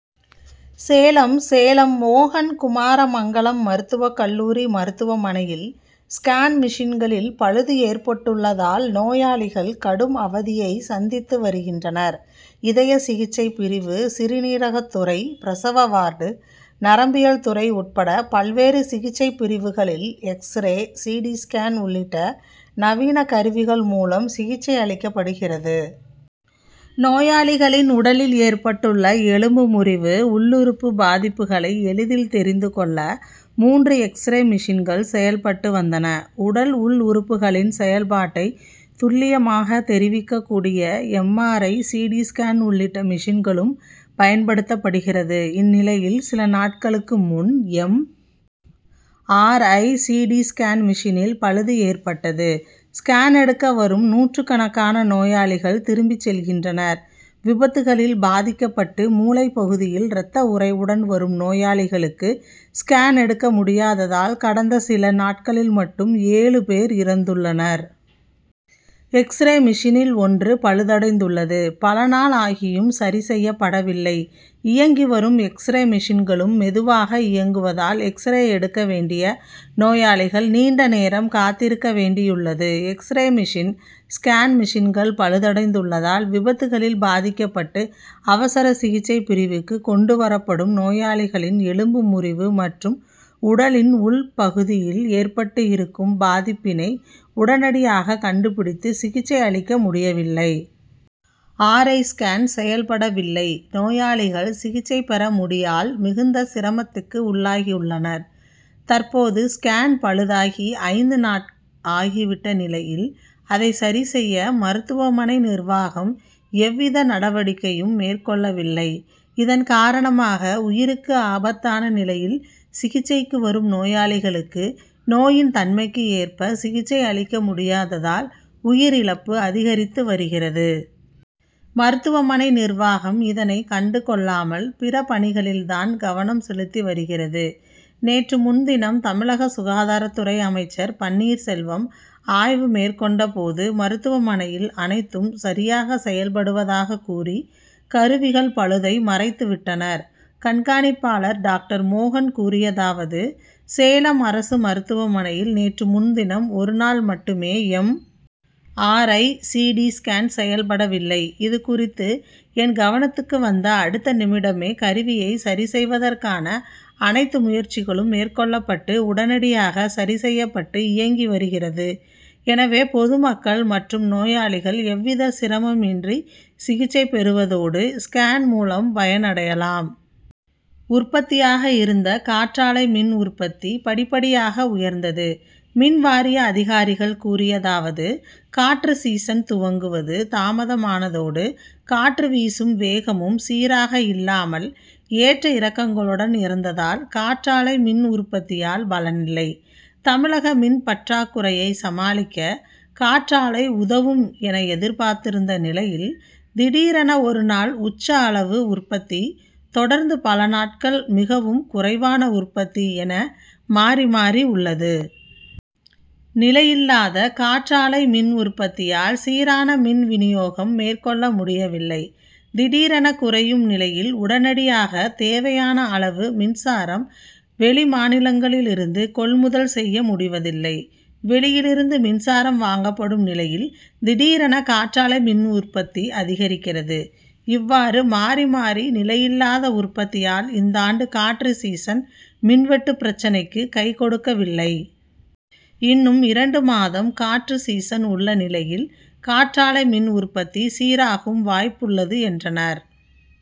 சேலம் சேலம் மோகன் குமாரமங்கலம் மருத்துவக் கல்லூரி மருத்துவமனையில் ஸ்கேன் மெஷின்களில் பழுது ஏற்பட்டுள்ளதால், நோயாளிகள் கடும் அவதியை சந்தித்து வருகின்றனர். இதய சிகிச்சை பிரிவு, சிறுநீரகத்துறை, பிரசவ வார்டு, நரம்பியல் துறை உட்பட பல்வேறு சிகிச்சை பிரிவுகளில் எக்ஸ்ரே, சி. டி., ஸ்கேன் உள்ளிட்ட நவீன கருவிகள் மூலம் சிகிச்சை அளிக்கப்படுகிறது. நோயாளிகளின் உடலில் ஏற்பட்டுள்ள எலும்பு முறிவு, உள்ளுறுப்பு பாதிப்புகளை எளிதில் தெரிந்து கொள்ள மூன்று எக்ஸ்ரே மெஷின்கள் செயல்பட்டு வந்தன. உடல் உள் உறுப்புகளின் செயல்பாட்டை துல்லியமாக தெரிவிக்கக் கூடிய M. R. I., C. T., scan உள்ளிட்ட மெஷின்களும் பயன் படுத்தப்படுகிறது. இந்நிலையில் சில நாட்களுக்கு முன் M. R. I., C. T., scan மெஷினில் பழுது ஏற்பட்டது. ஸ்கேன் எடுக்க வரும் நூற்றுக்கணக்கான நோயாளிகள் திரும்பிச் செல்கின்றனர். விபத்துக்களில் பாதிக்கப்பட்டு மூளை பகுதியில் ரத்த உறைவுடன் வரும் நோயாளிகளுக்கு ஸ்கேன் எடுக்க முடியாததால், கடந்த சில நாட்களில் மட்டும் ஏழு பேர் இறந்துள்ளனர். எக்ஸ்ரே மெஷினில் ஒன்று பழுதடைந்துள்ளது. பல நாள் ஆகியும் சரி செய்யப்பட வில்லை. இயங்கி வரும் எக்ஸ்ரே மெஷின்களும் மெதுவாக இயங்குவதால் எக்ஸ்ரே எடுக்க வேண்டிய நோயாளிகள் நீண்ட நேரம் காத்திருக்க வேண்டியுள்ளது. எக்ஸ்ரே மெஷின், ஸ்கேன் மெஷின்கள் பழுதடைந்துள்ளதால் விபத்துக்களில் பாதிக்கப்பட்டு அவசர சிகிச்சை பிரிவுக்கு கொண்டு வரப்படும் நோயாளிகளின் எலும்பு முறிவு மற்றும் உடலின் உட்பகுதியில் ஏற்பட்டு இருக்கும் பாதிப்பினை உடனடியாக கண்டு பிடித்து சிகிச்சை அளிக்க முடியவில்லை. ஆர். ஐ., ஸ்கேன் செயல்பட வில்லை. நோயாளிகள் சிகிச்சை பெற முடியால் மிகுந்த சிரமத்துக்கு உள்ளாகினர். தற்போது ஸ்கேன் பழுதாகி ஐந்து நாள் ஆகி விட்ட நிலையில், அதை சரி செய்ய மருத்துவமனை நிர்வாகம் எவ்வித நடவடிக்கையும் மேற் கொள்ளவில்லை. இதன் காரணமாக உயிருக்கு ஆபத்தான நிலையில் சிகிச்சைக்கு வரும் நோயாளிகளுக்கு நோயின் தன்மைக்கு ஏற்ப சிகிச்சை அளிக்க முடியாததால், உயிர் இழப்பு அதிகரித்து வருகிறது. மருத்துவமனை நிர்வாகம் இதனை கண்டு கொள்ளாமல் பிற பணிகளில் தான் கவனம் செலுத்தி வருகிறது. நேற்று முன்தினம் தமிழக சுகாதாரத்துறை அமைச்சர் பன்னீர் செல்வம் ஆய்வு மேற் கொண்ட போது, மருத்துவமனையில் அனைத்தும் சரியாக செயல்படுவதாக கூறி கருவிகள் பழுதை மறைத்து விட்டனர். கண்காணிப்பாளர் டாக்டர் மோகன் கூறியதாவது சேலம் அரசு மருத்துவமனையில் நேற்று முன்தினம் ஒரு நாள் மட்டுமே M. R. I., C. T., scan செயல்பட வில்லை. இது குறித்து என் கவனத்துக்கு வந்த அடுத்த நிமிடமே கருவியை சரி செய்வதற்கான அனைத்து முயற்சிகளும் மேற் கொள்ளப்பட்டு உடனடியாக சரி செய்யப்பட்டு இயங்கி வருகிறது. எனவே பொதுமக்கள் மற்றும் நோயாளிகள் எவ்வித சிரமம் இன்றி சிகிச்சை பெருவதோடு ஸ்கேன் மூலம் பயன் அடையலாம். உற்பத்தியாக இருந்த காற்றாலை மின் உற்பத்தி படிப்படியாக உயர்ந்தது. மின் வாரிய அதிகாரிகள் கூறியதாவது காற்று சீசன் துவங்குவது தாமதமானதோடு, காற்று வீசும் வேகமும் சீராக இல்லாமல்; ஏற்ற இறக்கங்களுடன் இருந்ததால் காற்றாலை மின் உற்பத்தியால் பலன் இல்லை. தமிழக மின் பற்றாக்குறையை சமாளிக்க காற்றாலை உதவும் என எதிர்பார்த்திருந்த நிலையில், திடீரென ஒரு நாள் உச்ச அளவு உற்பத்தி; தொடர்ந்து பல நாட்கள் மிகவும் குறைவான உற்பத்தி என மாறி, மாறி உள்ளது. நிலையில்லாத காற்றாலை மின் உற்பத்தியால், சீரான மின் வினியோகம் மேற்கொள்ள முடியவில்லை. திடீரென குறையும் நிலையில், உடனடியாக தேவையான அளவு மின்சாரம் வெளிமாநிலங்களிலிருந்து கொள்முதல் செய்ய முடிவதில்லை. வெளியிலிருந்து மின்சாரம் வாங்கப்படும் நிலையில், திடீரென காற்றாலை மின் உற்பத்தி அதிகரிக்கிறது. இவ்வாறு, மாறி, மாறி நிலையில்லாத உற்பத்தியால் இந்தாண்டு காற்று சீசன் மின் வெட்டு பிரச்னைக்கு கை கொடுக்கவில்லை. இன்னும் இரண்டு மாதம் காற்று சீசன் உள்ள நிலையில், காற்றாலை மின் உற்பத்தி சீராகும் வாய்ப்புள்ளது, என்றனர்.